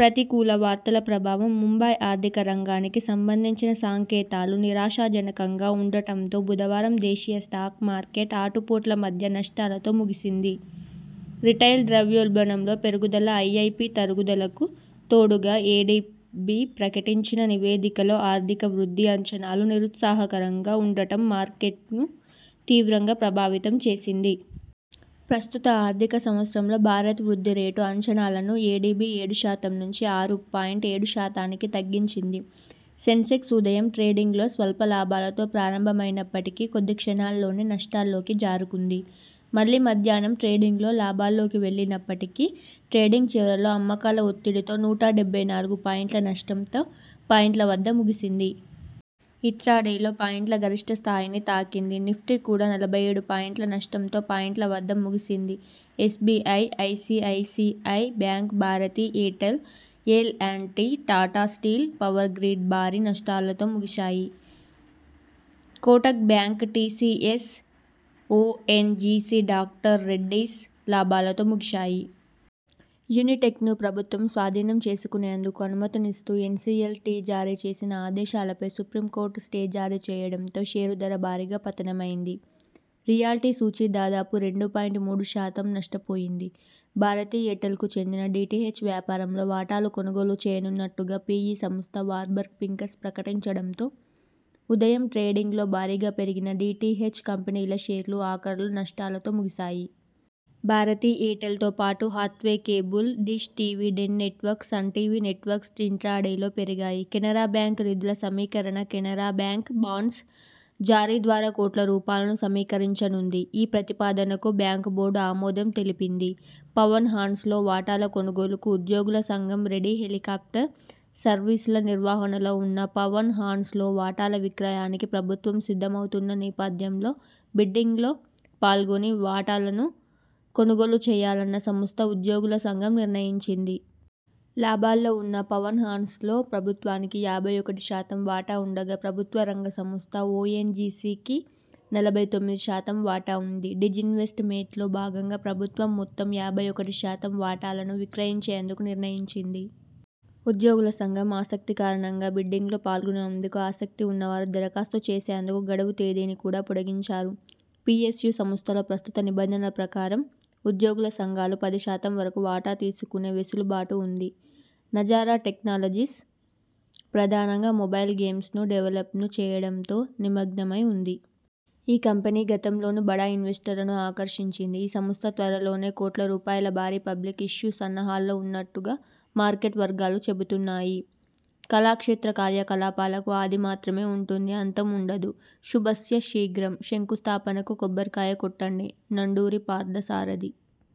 ప్రతికూల వార్తల ప్రభావం ముంబై ఆర్థిక రంగానికి సంబంధించిన సాంకేతాలు నిరాశా జనకంగా ఉండటంతో బుధవారం దేశీయ స్టాక్ మార్కెట్ ఆటు పోట్ల మధ్య నష్టాలతో ముగిసింది. రిటైల్ ద్రవ్యోల్బణంలో పెరుగుదల, ఐఐపి తరుగుదలకు తోడుగా ఎడిబి ప్రకటించిన నివేదికలో ఆర్థిక వృద్ధి అంచనాలు నిరుత్సాహకరంగా ఉండటం మార్కెట్ను తీవ్రంగా ప్రభావితం చేసింది. ప్రస్తుత ఆర్థిక సంవత్సరంలో భారత్ వృద్ధి రేటు అంచనాలను ఎడిబి ఏడు శాతం నుంచి ఆరు పాయింట్ ఏడు శాతానికి తగ్గించింది. సెన్సెక్స్ ఉదయం ట్రేడింగ్లో స్వల్ప లాభాలతో ప్రారంభమైనప్పటికీ కొద్ది క్షణాల్లోనే నష్టాల్లోకి జారుకుంది. మళ్లీ మధ్యాహ్నాం ట్రేడింగ్లో లాభాల్లోకి వెళ్లినప్పటికీ ట్రేడింగ్ చివరలో అమ్మకాల ఒత్తిడితో నూట డెబ్బై నాలుగు పాయింట్ల నష్టంతో పాయింట్ల వద్ద ముగిసింది. ఇట్రాడేలో పాయింట్ల గరిష్ఠ స్థాయిని తాకింది. నిఫ్టీ కూడా నలభై ఏడు పాయింట్ల నష్టంతో పాయింట్ల వద్ద ముగిసింది SBI, ICICI Bank, Bharti Airtel, L and T, Tata Steel, Power Grid భారీ నష్టాలతో ముగిశాయి. Kotak Bank, T C S, O N G C, doctor Reddy's లాభాలతో ముగిశాయి. యునిటెక్ను ప్రభుత్వం స్వాధీనం చేసుకునేందుకు అనుమతినిస్తూ ఎన్ సి ఎల్ టి జారీ చేసిన ఆదేశాలపై సుప్రీంకోర్టు స్టే జారీ చేయడంతో షేరు ధర భారీగా పతనమైంది. రియల్టీ సూచీ దాదాపు రెండు పాయింట్ మూడు శాతం నష్టపోయింది. భారతి ఎయిర్టెల్కు చెందిన డి టి హెచ్ వ్యాపారంలో వాటాలు కొనుగోలు చేయనున్నట్టుగా పి ఇ సంస్థ వార్బర్గ్ పింకస్ ప్రకటించడంతో ఉదయం ట్రేడింగ్లో భారీగా పెరిగిన డి టి హెచ్ కంపెనీల షేర్లు ఆఖరులో నష్టాలతో ముగిసాయి. భారతి ఎయిర్టెల్తో పాటు Hathway Cable, Dish TV, Den Networks, Sun TV Networks ఇంట్రాడేలో పెరిగాయి. కెనరా బ్యాంక్ నిధుల సమీకరణ కెనరా బ్యాంక్ బాండ్స్ జారీ ద్వారా కోట్ల రూపాయలను సమీకరించనుంది. ఈ ప్రతిపాదనకు బ్యాంకు బోర్డు ఆమోదం తెలిపింది. పవన్ హాన్స్ లో వాటాల కొనుగోలుకు ఉద్యోగుల సంఘం రెడీ హెలీకాప్టర్ సర్వీసుల నిర్వహణలో ఉన్న పవన్ హాన్స్ లో వాటాల విక్రయానికి ప్రభుత్వం సిద్ధమవుతున్న నేపథ్యంలో బిడ్డింగ్లో పాల్గొని వాటాలను కొనుగోలు చేయాలని సంస్థ ఉద్యోగుల సంఘం నిర్ణయించింది. లాభాల్లో ఉన్న పవన్ హాన్స్ లో ప్రభుత్వానికి యాభై ఒకటి శాతం వాటా ఉండగా ప్రభుత్వ రంగ సంస్థ ఒ ఎన్ జి సి కి నలభై తొమ్మిది శాతం వాటా ఉంది. డిజిన్వెస్ట్ మెంట్లో భాగంగా ప్రభుత్వం మొత్తం యాభై ఒకటి శాతం వాటాలను విక్రయించేందుకు నిర్ణయించింది. ఉద్యోగుల సంఘం ఆసక్తి కారణంగా బిడ్డింగ్లో పాల్గొనేందుకు ఆసక్తి ఉన్నవారు దరఖాస్తు చేసేందుకు గడువు తేదీని కూడా పొడిగించారు. పి ఎస్ యు సంస్థల్లో ప్రస్తుత నిబంధనల ప్రకారం ఉద్యోగుల సంఘాలు పది శాతం వరకు వాటా తీసుకునే వెసులుబాటు ఉంది. నజారా టెక్నాలజీస్ ప్రధానంగా మొబైల్ గేమ్స్ ను డెవల్పను చేయడంలో నిమగ్నమై ఉంది. ఈ కంపెనీ గతంలోనూ బడా ఇన్వెస్టర్లను ఆకర్షించింది. ఈ సంస్థ త్వరలోనే కోట్ల రూపాయల భారీ పబ్లిక్ ఇష్యూ సన్నాహాల్లో ఉన్నట్టుగా మార్కెట్ వర్గాలు చెబుతున్నాయి. కళాక్షేత్ర కార్యకలాపాలకు 'ఆది' మాత్రమే ఉంటుంది. 'అంతం' ఉండదు. శుభస్య శీఘ్రం. శంకుస్థాపనకు కొబ్బరికాయ కొట్టండి. నండూరి పార్థసారథి